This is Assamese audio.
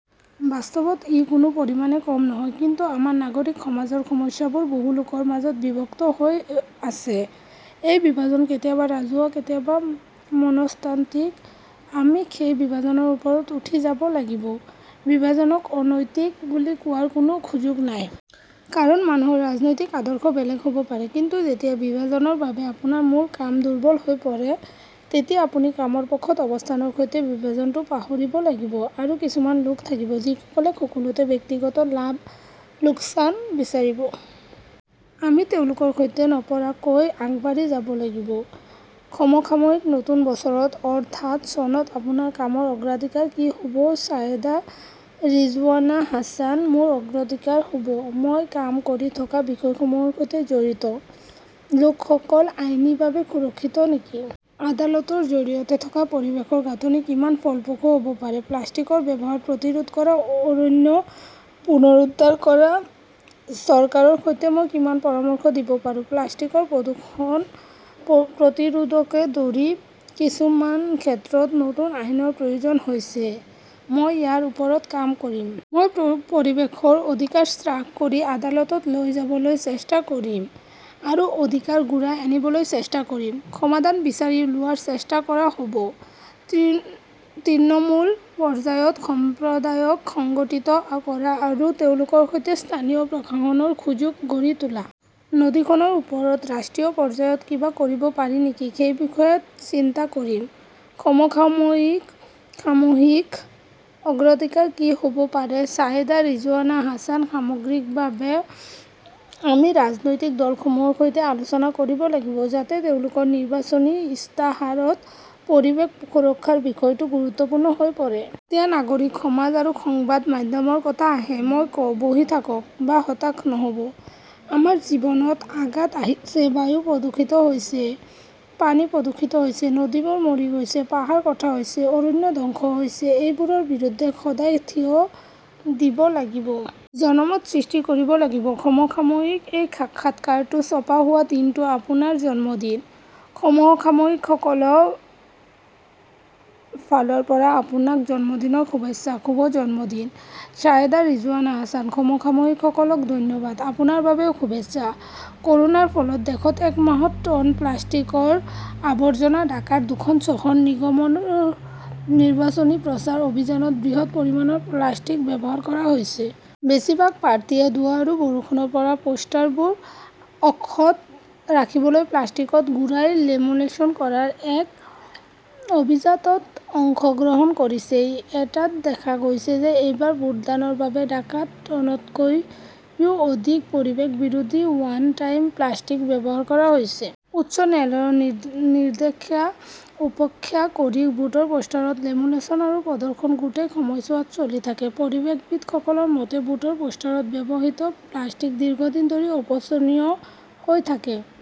বাস্তৱত ই কোনো পৰিমাণে কম নহয়। কিন্তু আমাৰ নাগৰিক সমাজৰ সমস্যাবোৰ বহু লোকৰ মাজত বিভক্ত হৈ আছে। এই বিভাজন কেতিয়াবা ৰাজহুৱা, কেতিয়াবা মনস্তাত্ত্বিক। আমি সেই বিভাজনৰ ওপৰত উঠি যাব লাগিব। বিভাজনক অনৈতিক বুলি কোৱাৰ কোনো সুযোগ নাই। কাৰণ, মানুহৰ ৰাজনৈতিক আদৰ্শ বেলেগ বেলেগ হ ব পাৰে। কিন্তু যেতিয়া বিভাজনৰ বাবে আপোনাৰ মূল কাম দুৰ্বল হৈ পৰে, তেতিয়া আপুনি কামৰ পক্ষত অৱস্থানৰ সৈতে বিভাজনটো পাহৰিব লাগিব। আৰু কিছুমান লোক থাকিব, যিসকলে সকলোতে ব্যক্তিগত লাভ-লোকচান বিচাৰিব। আমি তেওঁলোকৰ সৈতে নপৰাকৈ আগবাঢ়ি যাব লাগিব। খমখাময়িক নতুন বছৰত, অৰ্থাৎ চনত আপোনাৰ কামৰ অগ্ৰাধিকাৰ কি হ 'ব ছায়েদা ৰিজৱানা হাছান মোৰ অগ্ৰাধিকাৰ হ 'ব মই কাম কৰি থকা বিষয়সমূহৰ সৈতে জড়িত লোকসকল আইনীভাৱে সুৰক্ষিত নেকি। আদালতৰ জৰিয়তে থকা পৰিৱেশৰ গাঁথনি কিমান ফলপ্ৰসূ হ’ব পাৰে। প্লাষ্টিকৰ ব্যৱহাৰ প্ৰতিৰোধ কৰা, অৰণ্য পুনৰুদ্ধাৰ কৰা-চৰকাৰৰ সৈতে মই কিমান পৰামৰ্শ দিব পাৰো। প্লাষ্টিকৰ প্ৰদূষণ প্ৰতিৰোধকে ধৰি কিছুমান ক্ষেত্ৰত নতুন আইনৰ প্ৰয়োজন হৈছে। মই ইয়াৰ ওপৰত কাম কৰিম। মই পৰিৱেশৰ অধিকাৰ হ্ৰাস কৰি আদালতত লৈ যাবলৈ চেষ্টা কৰিম আৰু অধিকাৰ ঘূৰাই আনিবলৈ চেষ্টা কৰিম। সমাধান বিচাৰি উলিওৱাৰ চেষ্টা কৰা হ’ব। তৃণমূল পৰ্যায়ত সম্প্ৰদায়ক সংগঠিত কৰা আৰু তেওঁলোকৰ সৈতে স্থানীয় প্ৰশাসনৰ সংযোগ গঢ়ি তোলা। নদীখনৰ ওপৰত ৰাষ্ট্ৰীয় পৰ্যায়ত কিবা কৰিব পাৰি নেকি সেই বিষয়ে চিন্তা কৰিম। সমসাময়িক সামূহিক অগ্ৰাধিকাৰ কি হ 'ব পাৰে ছায়েদা ৰিজৱানা হাছান সামগ্ৰিকভাৱে আমি ৰাজনৈতিক দলসমূহৰ সৈতে আলোচনা কৰিব লাগিব। যাতে তেওঁলোকৰ নিৰ্বাচনী ইস্তাহাৰত পৰিৱেশ সুৰক্ষাৰ বিষয়টো গুৰুত্বপূৰ্ণ হৈ পৰে। যেতিয়া নাগৰিক সমাজ আৰু সংবাদ মাধ্যমৰ কথা আহে, মই কওঁ, বহি থাকক বা হতাশ নহ 'ব। আমাৰ জীৱনত আঘাত আহিছে। বায়ু প্ৰদূষিত হৈছে, পানী প্ৰদূষিত হৈছে, নদীবোৰ মৰি গৈছে, পাহাৰ কটা হৈছে, অৰণ্য ধ্বংস হৈছে-এইবোৰৰ বিৰুদ্ধে সদায় থিয় দিব লাগিব। জনমত সৃষ্টি কৰিব লাগিব। সমসাময়িকঃ এই সাক্ষাৎকাৰটো ছপা হোৱা দিনটো আপোনাৰ জন্মদিন। সমসাময়িকসকলৰ ফালৰ পৰা আপোনাক জন্মদিনৰ শুভেচ্ছা। শুভ জন্মদিন। ছায়েদা ৰিজৱানা হাছানঃ সমসাময়িকসকলক ধন্যবাদ। আপোনাৰ বাবেও শুভেচ্ছা। ক’ৰোনাৰ ফলত দেশত এক মাহত টন প্লাষ্টিকৰ আৱৰ্জনা ঢাকাৰ দুখন চহৰ নিগমৰ নিৰ্বাচনী প্ৰচাৰ অভিযানত বৃহৎ পৰিমাণৰ প্লাষ্টিক ব্যৱহাৰ কৰা হৈছে। বেছিভাগ প্ৰাৰ্থীয়ে ধোঁৱা আৰু বৰষুণৰ পৰা পোষ্টাৰবোৰ অক্ষত ৰাখিবলৈ প্লাষ্টিকত ঘূৰাই লেমিনেচন কৰাৰ এক অভিজাত ত অংশগ্ৰহণ কৰিছে। এটাত দেখা গৈছে যে এইবাৰ ভোটদানৰ বাবে ঢাকাত টনতকৈও অধিক পৰিৱেশ বিৰোধী 'ৱান টাইম "প্লাষ্টিক ব্যৱহাৰ কৰা হৈছে। উচ্চ ন্যায়ালয়ৰ নিষেধাজ্ঞা উপেক্ষা কৰি ভোটৰ পোষ্টাৰত লেমিনেচন আৰু প্ৰদৰ্শন গোটেই সময়ছোৱাত চলি থাকে। পৰিৱেশবিদসকলৰ মতে, ভোটৰ পোষ্টাৰত ব্যৱহৃত প্লাষ্টিক দীৰ্ঘদিন ধৰি অপচনীয় হৈ থাকে।